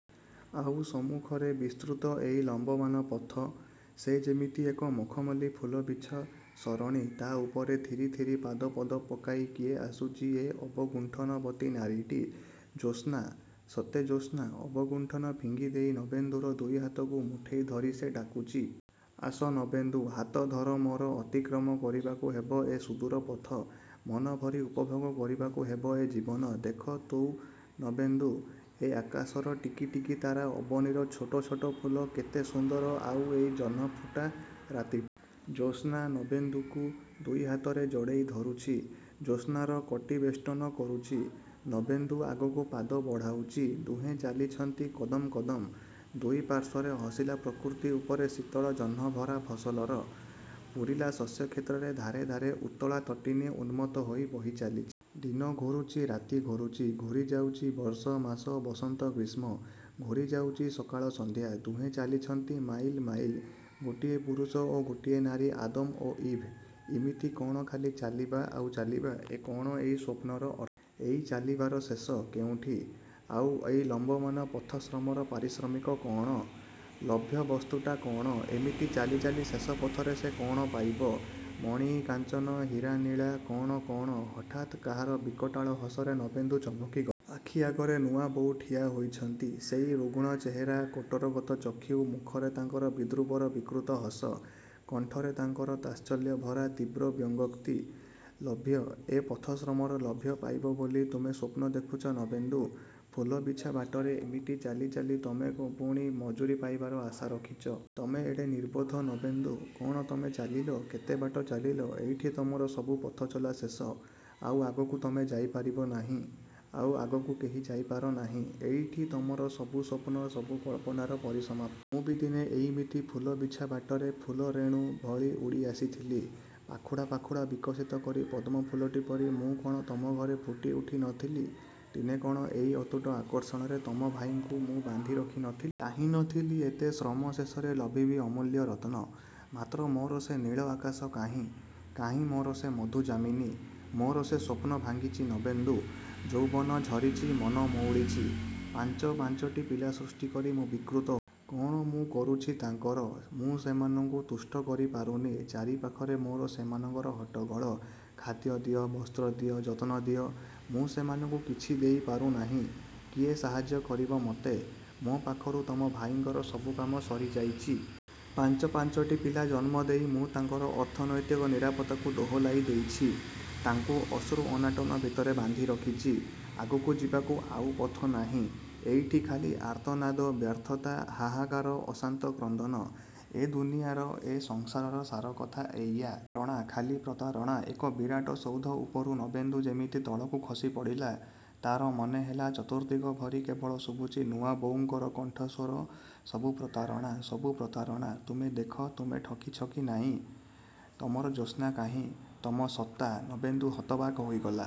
ଆଉ ସମ୍ମୁଖରେ ବିସ୍ତୃତ ଏଇ ଲମ୍ଵମାନ ପଥ। ସେ ଯେମିତି ଏକ ମଖମଲି ଫୁଲବିଛା ସରଣୀ! ତା ଉପରେ ଥିରି ଥିରି ପାଦ ପଦ ପକାଇ କିଏ ଆସୁଚି ଏ ଅବଗୁଣ୍ଠନବତୀ ନାରୀଟି? ଜ୍ୟୋତ୍ସ୍ନା? ସତେ ଜ୍ୟୋତ୍ସ୍ନା, ଅବଗୁଣ୍ଠନ ଫିଙ୍ଗି ଦେଇ ନବେନ୍ଦୁର ଦୁଇ ହାତକୁ ମୁଠେଇ ଧରି ସେ ଡାକୁଚି! ଆସ ନବେନ୍ଦୁ ହାତ ଧର ମୋର ଅତିକ୍ରମ କରିବାକୁ ହେବ ଏ ସୁଦୂର ପଥ। ମନଭରି ଉପଭୋଗ କରିବାକୁ ହେବ ଏ ଜୀବନ। ଦେଖ ତୁ ନବେନ୍ଦୁ, ଏ ଆକାଶର ଟିକି ଟିକି ତାରା ଅବନୀର ଛୋଟ ଛୋଟ ଫୁଲ, କେତେ ସୁନ୍ଦର! ଆଉ ଏଇ ଜହ୍ନଫୁଟା ରାତିଟା? ଜ୍ୟୋତ୍ସ୍ନା ନବେନ୍ଦୁକୁ ଦୁଇ ହାତରେ ଜଡ଼େଇ ଧରୁଛି। ଜ୍ୟୋତ୍ସ୍ନାର କଟିବେଷ୍ଟନ କରୁଛି। ନବେନ୍ଦୁ ଆଗକୁ ପାଦ ବଢ଼ାଉଚି। ଦୁହେଁ ଚାଲିଛନ୍ତି କଦମ୍ କଦମ୍। ଦୁଇ ପାର୍ଶ୍ୱରେ ହସିଲା ପ୍ରକୃତି ଉପରେ ଶୀତଳ ଜହ୍ନ ଭରା ଫସଲର। ପୂରିଲା ଶସ୍ୟକ୍ଷେତ୍ରର ଧାରେ ଧାରେ ଉତ୍ତଳା ତଟିନୀ ଉନ୍ମତ୍ତ ହୋଇ ବହି ଚାଲିଚି। ଦିନ ଘୁରୁଚି, ରାତି ଘୁରୁଚି। ଘୂରି ଯାଉଚି ବର୍ଷ, ମାସ, ବସନ୍ତ, ଗ୍ରୀଷ୍ମ। ଘୂରି ଯାଉଚି ସକାଳ ସନ୍ଧ୍ୟା। ଦୁହେଁ ଚାଲିଛନ୍ତି, ମାଇଲ୍ ମାଇଲ୍। ଗୋଟିଏ ପୁରୁଷ ଓ ଗୋଟିଏ ନାରୀ, ଆଦମ୍ ଓ ଇଭ୍। ଇମିତି କଣ ଖାଲି ଚାଲିବା ଆଉ ଚାଲିବା? କ'ଣ ଏଇ ସ୍ୱପ୍ନର ଅର୍ଥ? ଏଇ ଚାଲିବାର ଶେଷ। କେଉଁଠି? ଆଉ ଏଇ ଲମ୍ବମାନ ପଥଶ୍ରମର ପାରିଶ୍ରମିକ କ'ଣ? ଲଭ୍ୟ ବସ୍ତୁଟା କଣ? ଏମିତି ଚାଲି ଚାଲି ଶେଷ ପଥରେ ସେ କଣ ପାଇବ? ମଣି କାଞ୍ଚନ, ହୀରା, ନୀଳା,? କ'ଣ କ'ଣ? ହଠାତ୍ କାହାର ବିକଟାଳ ହସରେ ନବେନ୍ଦୁ ଚମକିଗଲା। ଆଖି ଆଗରେ ନୂଆବୋଉ ଠିଆ ହୋଇଛନ୍ତି। ସେଇ ରୁଗ୍ଣ ଚେହେରା, କୋଟରଗତ ଚକ୍ଷୁ! ମୁଖରେ ତାଙ୍କର ବିଦ୍ରୂପର ବିକୃତ ହସ। କଣ୍ଠରେ ତାଙ୍କର ତାତ୍ସଲ୍ୟ ଭରା ତୀବ୍ର ବ୍ୟଙ୍ଗୋକ୍ତି। ଲଭ୍ୟ? ଏ ପଥଶ୍ରମର ଲଭ୍ୟ ପାଇବ ବୋଲି ତୁମେ ସ୍ୱପ୍ନ ଦେଖୁଛ ନବେନ୍ଦୁ? ଫୁଲବିଛା ବାଟରେ ଏମିତି ଚାଲି ଚାଲି ତମେ ପୁଣି ମଜୁରୀ ପାଇବାର ଆଶା ରଖିଚ? ତମେ ଏଡ଼େ ନିର୍ବୋଧ ନବେନ୍ଦୁ! କ'ଣ ତମେ ଚାଲିଲ? କେତେ ବାଟ ଚାଲିଲ? ଏଇଠି ତମର ସବୁ ପଥଚଲା ଶେଷ! ଆଉ ଆଗକୁ ତମେ ଯାଇ ପାରିବ ନାହିଁ, ଆଉ ଆଗକୁ କେହି ଯାଇ ପାରିନାହିଁ। ଏଇଠି ତମର ସବୁ ସ୍ୱପ୍ନ, ସବୁ କଳ୍ପନାର ପରିସମାପ୍ତି। ମୁଁ ବି ଦିନେ ଏଇମିତି ଫୁଲବିଛା ବାଟରେ ଫୁଲ ରେଣୁ। ଭଳି ଉଡ଼ି ଆସିଥିଲି। ପାଖୁଡ଼ା ପାଖୁଡ଼ା ବିକଶିତ କରି ପଦ୍ମଫୁଲଟି ପରି ମୁଁ କ'ଣ ତମ ଘରେ ଫୁଟି ଉଠି ନ ଥିଲି? ଦିନେ କଣ ଏକ ଅତୁଟ ଆକର୍ଷଣରେ ତମ ଭାଇଙ୍କୁ ମୁଁ ବାନ୍ଧି ରଖି ନ ଥିଲି? ଚାହିଁ ନ ଥିଲି ଏତେ ଶ୍ରମ ଶେଷରେ ଲଭିବି ଅମୂଲ୍ୟ ରତ୍ନ? ମାତ୍ର ମୋର ସେ ନୀଳ ଆକାଶ କାହିଁ? କାହିଁ ମୋର ସେ ମଧୁ ଯାମିନୀ? ମୋର ସେ ସ୍ୱପ୍ନ ଭାଙ୍ଗିଚି ନବେନ୍ଦୁ। ଯୌବନ ଝରିଚି, ମନ ମଉଳିଚି। ପାଞ୍ଚ ପାଞ୍ଚଟି ପିଲା ସୃଷ୍ଟି କରି ମୁଁ ବିକୃତ। କ'ଣ ମୁଁ କରୁଛି ତାଙ୍କର! ମୁଁ ସେମାନଙ୍କୁ ତୁଷ୍ଟ କରି ପାରୁନି। ଚାରି ପାଖରେ ମୋର ସେମାନଙ୍କର ହଟ୍ଟଗୋଳ। ଖାଦ୍ୟ ଦିଅ, ବସ୍ତ୍ର ଦିଅ, ଯତ୍ନ ଦିଅ! ମୁଁ ସେମାନଙ୍କୁ କିଛି ଦେଇ ପାରୁନାହିଁ। କିଏ ସାହାଯ୍ୟ କରିବ ମତେ? ମୋ ପାଖରୁ ତମ ଭାଇଙ୍କର ସବୁ କାମ ସରିଯାଇଚି। ପାଞ୍ଚ ପାଞ୍ଚଟି ପିଲା ଜନ୍ମଦେଇ ମୁଁ ତାଙ୍କର ଅର୍ଥନୈତିକ ନିରାପତ୍ତାକୁ ଦୋହଲାଇ ଦେଇଛି। ତାଙ୍କୁ ଅଶ୍ରୁ ଅନାଟନ ଭିତରେ ବାନ୍ଧି ରଖିଚି। ଆଗକୁ ଯିବାକୁ ଆଉ ପଥ ନାହିଁ। ଏଇଠି ଖାଲି ଆର୍ତ୍ତନାଦ, ବ୍ୟର୍ଥତା, ହାହାକାର, ଅଶାନ୍ତ କ୍ରନ୍ଦନ। ଏ ଦୁନିଆର, ଏ ସଂସାରର ସାରକଥା ଏଇଆ। ପ୍ରତାରଣା, ଖାଲି ପ୍ରତାରଣା! ଏକ ବିରାଟ ସୌଧ ଉପରୁ ନବେନ୍ଦୁ ଯେମିତି ତଳକୁ ଖସିପଡ଼ିଲା। ତାର ମନେ ହେଲା, ଚତୁର୍ଦ୍ଦିଗ ଭରି କେବଳ ଶୁଭୁଚି ନୂଆବୋଉଙ୍କର କଣ୍ଠସ୍ୱର, ସବୁ ପ୍ରତାରଣା! ସବୁ ପ୍ରତାରଣା! ତୁମେ ଦେଖ, ତୁମେ ଠକିଛ କି ନାହିଁ? ତମର ଜ୍ୟୋତ୍ସ୍ନା କାହିଁ? ତମ ସତ୍ତା? ନବେନ୍ଦୁ ହତବାକ୍ ହୋଇଗଲା।